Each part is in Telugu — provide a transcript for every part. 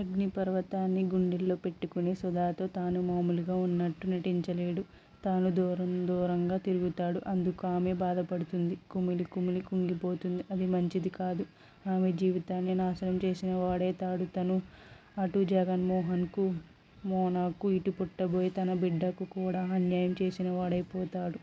అగ్నిపర్వతాన్ని గుండెల్లో పెట్టుకొని సుధతో తను మామూలుగా వున్నట్టు నటించలేడు. తను దూరుదూరంగా తిరుగుతాడు. అందుకు ఆమె బాధపడుతుంది. కుమిలికుమిలి కృంగిపోతుంది. అది మంచిదికాదు. ఆమె జీవితాన్నే నాశనం చేసినవాడౌతాడు తను. అటు జగన్మోహన్ కూ, మోనాకూ, ఇటు పుట్టబోయే తన బిడ్డకు కూడా అన్యాయం చేసినవాడైపోతాడు.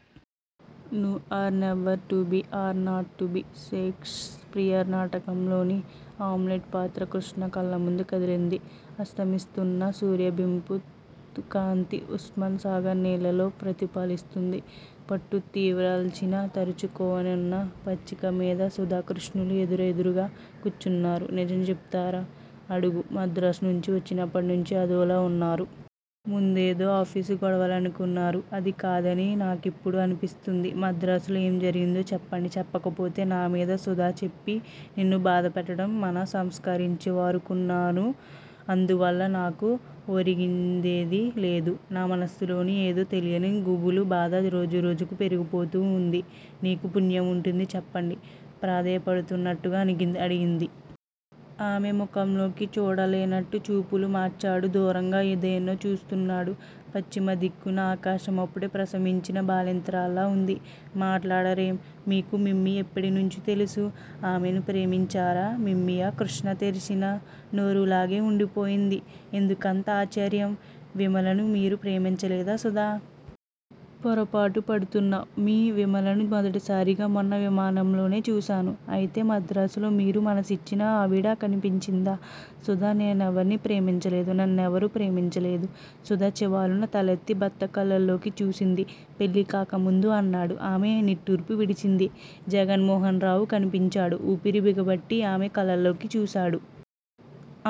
Now or never! To be or not to be! Shakespeare నాటకంలోని హామ్లెట్ పాత్ర కృష్ణ కళ్ళముందు కదిలింది. అస్తమిస్తున్న సూర్యబింబుకాంతి ఉస్మాన్ సాగర్ నీళ్ళలో ప్రతిఫలిస్తుంది. పట్టుతివాచీలా తరచుకొనివున్న పచ్చికమీద సుధాకృష్ణలు ఎదురెదురుగా కూర్చున్నారు. నిజం చెబుతారా? అడుగు. మద్రాసునుంచి వచ్చినప్పటినుంచీ అదోలా వున్నారు. ముందేదో ఆఫీసు గొడవలనుకున్నారు. అది కాదని నాకిప్పుడు అనిపిస్తుంది. మద్రాసులో ఏం జరిగిందో చెప్పండి. చెప్పకపోతే నామీద__ సుధా! చెప్పి నిన్ను బాధపెట్టడం మనసంస్కరించు వూరుకున్నాను. అందువల్ల నాకు ఒరిగిందేమీ లేదు. నా మనసులో ఏదో తెలియని గుబులు బాధ రోజురోజుకూ పెరిగిపోతూ వుంది. మీకు పుణ్యం ఉంటుంది చెప్పండి ప్రాధేయపడుతున్నట్టుగా అడిగింది. ఆమె ముఖంలోకి చూడలేనట్టు చూపులు మరాల్చాడు. దూరంగా దేన్నో చూస్తున్నాడు. పశ్చిమదిక్కున ఆకాశం అప్పుడే ప్రసవించిన బాలింత్రలా వుంది. మాట్లాడరేం? మీకు మీమ్మీ ఎప్పటినుంచి తెలుసు? ఆమెను ప్రేమించారా? మీమ్మీయా? కృష్ణ తెరిచిన నోరు అలాగే వుండిపోయింది. ఎందుకంత ఆశ్చర్యం? విమలను మీరు ప్రేమించలేదా? సుధా! పొరపడుతున్నావ్. మీ విమలను మొదటిసారిగా మొన్న విమానంలోనే చూశాను. అయితే మద్రాసులో మీరు మనసిచ్చిన ఆవిడ కన్పించిందా? సుధా నేనెవరినీ ప్రేమించలేదు. నన్నెవరూ ప్రేమించలేదు. సుధ చివాలున తలెత్తి భర్త కళ్ళల్లోకి చూసింది. పెళ్ళికాకముందు అన్నాడు. ఆమె నిట్టూర్పు విడిచింది. జగన్మోహనరావు కన్పించాడు! ఊపిరి బిగబట్టి ఆమె కళ్ళల్లోకి చూశాడు.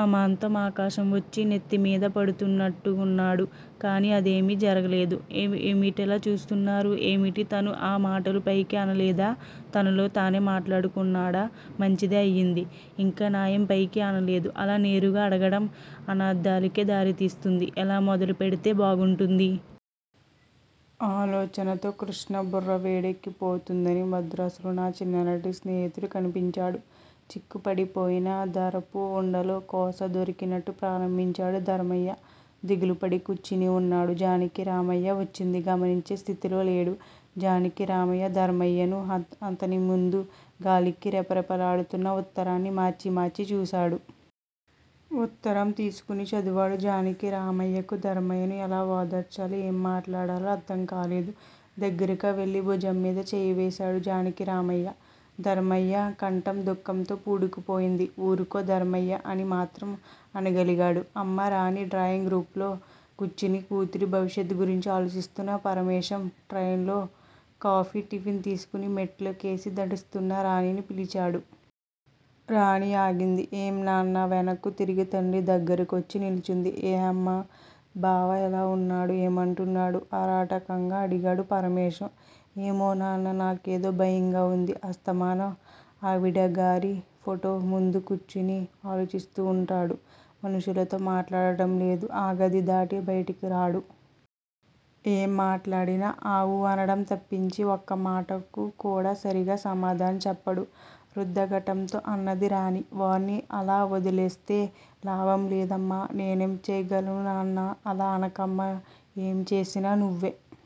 అమాంతం ఆకాశం వచ్చి నెత్తిమీద పడుతునట్టుకున్నాడు. కాని అదేమీ జరగలేదు. ఏమిటలా చూస్తున్నారూ? ఏమిటీ? తను ఆ మాటలు పైకి అనలేదా? తనలో తనే మాట్లాడుకున్నాడా? మంచిదే అయింది. ఇంకా నయం పైకి అనలేదు. అలా నేరుగా అడగడం అనర్దాలకే దారితీస్తుంది. ఎలా మొదలుపెడితే బాగుంటుంది? ఆలోచనతో కృష్ణ బుర్ర వేడెక్కిపోతుదది. మద్రాసులో నా చిన్ననాటి స్నేహితుడు కన్పించాడు చిక్కుపడి పోయిన దారపుఉండలో కొస దొరికినట్టు ప్రారంభించాడు. ధర్మయ్య దిగులుపడి కూర్చుని వున్నాడు. జానకిరామయ్య వచ్చింది గమనించే స్థితిలో లేడు. జానకిరామయ్య, ధర్మయ్యనూ, అతనిముందు గాలికి రెపరెప లాడుతున్న ఉత్తరాన్నీ మార్చి మార్చి చూశాడు. ఉత్తరం తీసుకొని చదివాడు. జానకిరామయ్యకు ధర్మయ్యను ఎలా ఓదార్చాలో, ఏం మాట్లాడాలో అర్ధం కాలేదు. దగ్గరగావెళ్ళి భుజంమీద చెయ్యివేశాడు. జానకిరామయ్యా! ధర్మయ్య కంఠం దుఃఖంతో పూడుకుపోయింది. ఊరుకో ధర్మయ్యా! అని మాత్రం అనగలిగాడు. అమ్మా రాణీ! డ్రాయింగ్ రూంలో కూర్చుని కూతురి భవిష్యత్తు గురించి ఆలోచిస్తున్న పరమేశం, ట్రేలో కాఫీ, టిఫిన్ తీసుకొని మెట్ల కేసి నడుస్తున్న రాణిని పిల్చాడు. రాణి ఆగింది. ఏం నాన్నా? వెనక్కు తిరిగి తండ్రి దగ్గరకువచ్చి నిల్చుంది. ఏమమ్మా? బావ ఎలా వున్నాడు? ఏమంటున్నాడు? ఆరాటంగా అడిగాడు పరమేశం. ఏమో నాన్నా! నాకేదో భయంగా వుంది. అస్తమానం ఆవిడగారి ఫొటో ముందు కూర్చుని ఆలోచిస్తూ వుంటాడు. మనుషులతో మాట్లాడటంలేదు. ఆ గది దాటి బయటికిరాడు. ఏం మాట్లాడినా ఆఁ ఊఁ అనడం తప్పించి ఒక్క మాటకు కూడా సరిగా సమాధానం చెప్పడు రుద్ధకఠంతో అన్నది రాణి. వాణ్ణి అలా వదిలేస్తే లాభం లేదమ్మా! నేనేం చెయ్యగలను నాన్నా! అలా అనకమ్మా! ఏం చేసినా నువ్వే